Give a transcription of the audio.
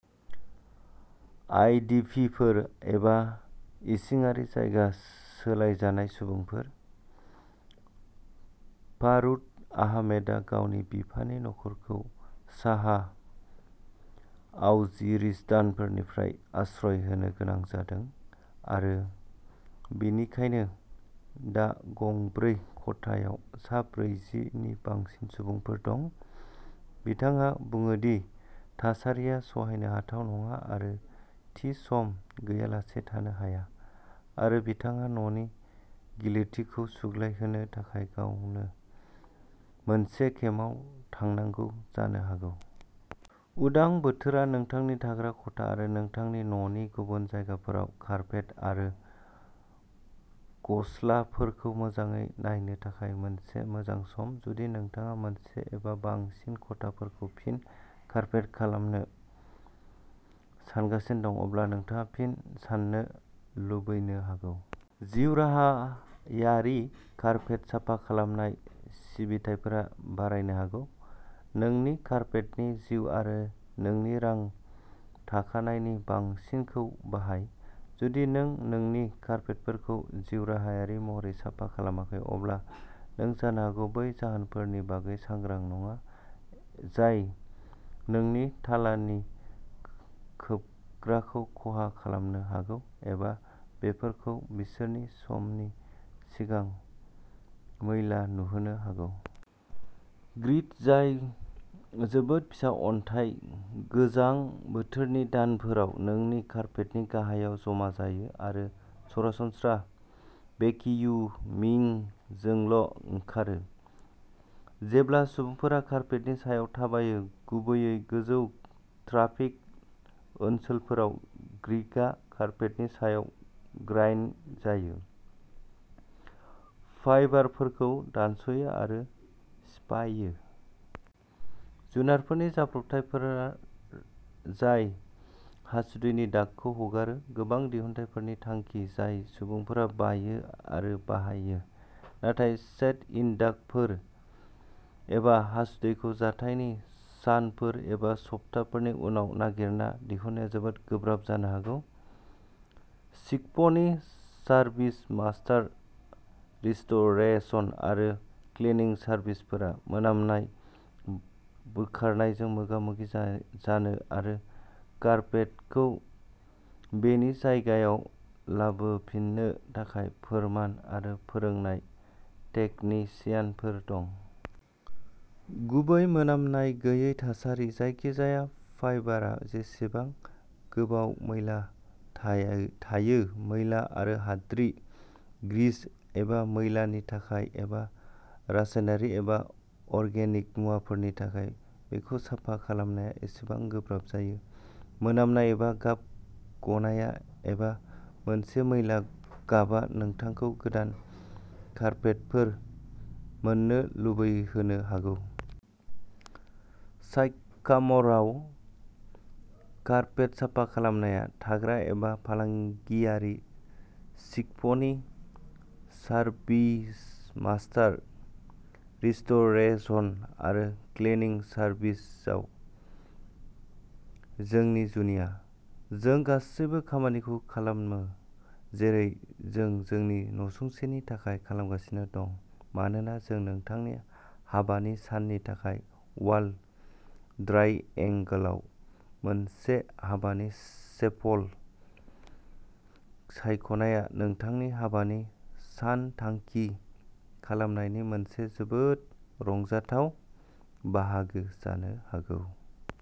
आइडिपिफोर एबा इसिङारि जायगा सोलायजानाय सुबुंफोर। फारुद आहमेदआ गावनि बिफानि नखरखौ साहा अवजिरिस्ताननिफ्राय आश्रय होनो गोनां जादों आरो बेनिखायनो दा गं ब्रै खथायाव सा ब्रैजि नि बांसिन सुबुंफोर दं। बिथाङा बुङो दि थासारिया सहायनो हाथाव नङा आरो थि सम गैयालासे थानो हाया आरो बिथाङा न'नि गिलिरथिखौ सुग्लायहोनो थाखाय गावनो मोनसे केम्पआव थांनांगौ जानो हागौ। उदां बोथोरा नोंथांनि थाग्रा खथा आरो नोंथांनि न'नि गुबुन जायगाफोराव कार्पेट आरो गस्लाफोरखौ मोजाङै नायनो थाखाय मोनसे मोजां सम। जुदि नोंथाङा मोनसे एबा बांसिन खथाफोरखौ फिन कार्पेट खालामनो सानगासिनो दं, अब्ला नोंथाङा फिन साननो लुबैनो हागौ। जिउराहायारि कार्पेट साफा खालामनाय सिबिथाइफोरा बारायनो हागौ। नोंनि कार्पेटनि जिउ आरो नोंनि रां खाथायनायनि बांसिनखौ बाहाय। जुदि नों नोंनि कार्पेटफोरखौ जिउराहायारि महरै साफा खालामाखै, अब्ला नों जानो हागौ बै जाहोनफोरनि बागै सांग्रां नङा जाय नोंनि थालानि खोबग्राखौ खहा खालामनो हागौ एबा बेफोरखौ बिसोरनि समनि सिगां मैला नुहोनो हागौ। ग्रिट, जाय जोबोद फिसा अन्थाइ, गोजां बोथोरनि दानफोराव नोंनि कार्पेटनि गाहायाव जमा जायो, आरो सरासनस्रा भेकियुमिंजोंल'ओंखारो। जेब्ला सुबुंफोरा कार्पेटनि सायाव थाबायो, गुबैयै गोजौ ट्राफिक ओनसोलफोराव, ग्रिटआ कार्पेटनि सायाव ग्राइन्ड जायो, फाइबारफोरखौ दानस'यो आरो सिफायो। जुनारफोरनि जाब्रबथायफोर जाय हासुदैनि दागखौ हगारो, गोबां दिहुनथायफोरनि थांखि जाय सुबुंफोरा बायो आरो बाहायो। नाथाय, सेट-इन दागफोर एबा हासुदैखौ जाथायनि सानफोर एबा सप्ताफोरनि उनाव नागिरना दिहुननाया जोबोद गोब्राब जानो हागौ। स्किपनि सार्भिसमास्टार रिस्ट'रेसन आरो क्लिनिं सार्भिसफोरा मोनामनाय बोखारनायजों मोगा-मोगि जाय जानो आरो कार्पेटखौ बेनि जायगायाव लाबोफिननो थाखाय फोरमान आरो फोरोंनाय तेकनिसियानफोर दं। गुबै मोनामनाय गैयै थासारि। जायखिजाया फाइबारआ जेसेबां गोबाव मैला थाय थायो मैला आरो हाद्रि, ग्रिस एबा मैलानि थाखाय, एबा रासायनारि एबा अर्गेनिक मुवाफोरनि थाखाय बेखौ साफा खालामनाया एसेबांनो गोब्राब जायो। मोनामनाय, गाब गनाया, एबा मोनसे मैला गाबआ नोंथांखौ गोदान कार्पेटफोर मोननो लुबैहोनो हागौ। साइकाम'रआव कार्पेट साफा खालामनाया थाग्रा एबा फालांगियारि स्किपनि सार्भिसमास्टार रिस्ट'रेसन आरो क्लिनिं सार्भिसेसआव जोंनि जुनिया। जों गासैबो खामानिखौ खालामो जेरै जों जोंनि नसुंसेनि थाखाय खालामगासिनो दं मानोना जों नोंथांनि हाबानि साननि थाखाय अवाल ट्राइएंगोलआव मोनसे हाबानि चेपल सायख'नाया नोंथांनि हाबानि सानथांखि खालामनायनि मोनसे जोबोद रंजाथाव बाहागो जानो हागौ।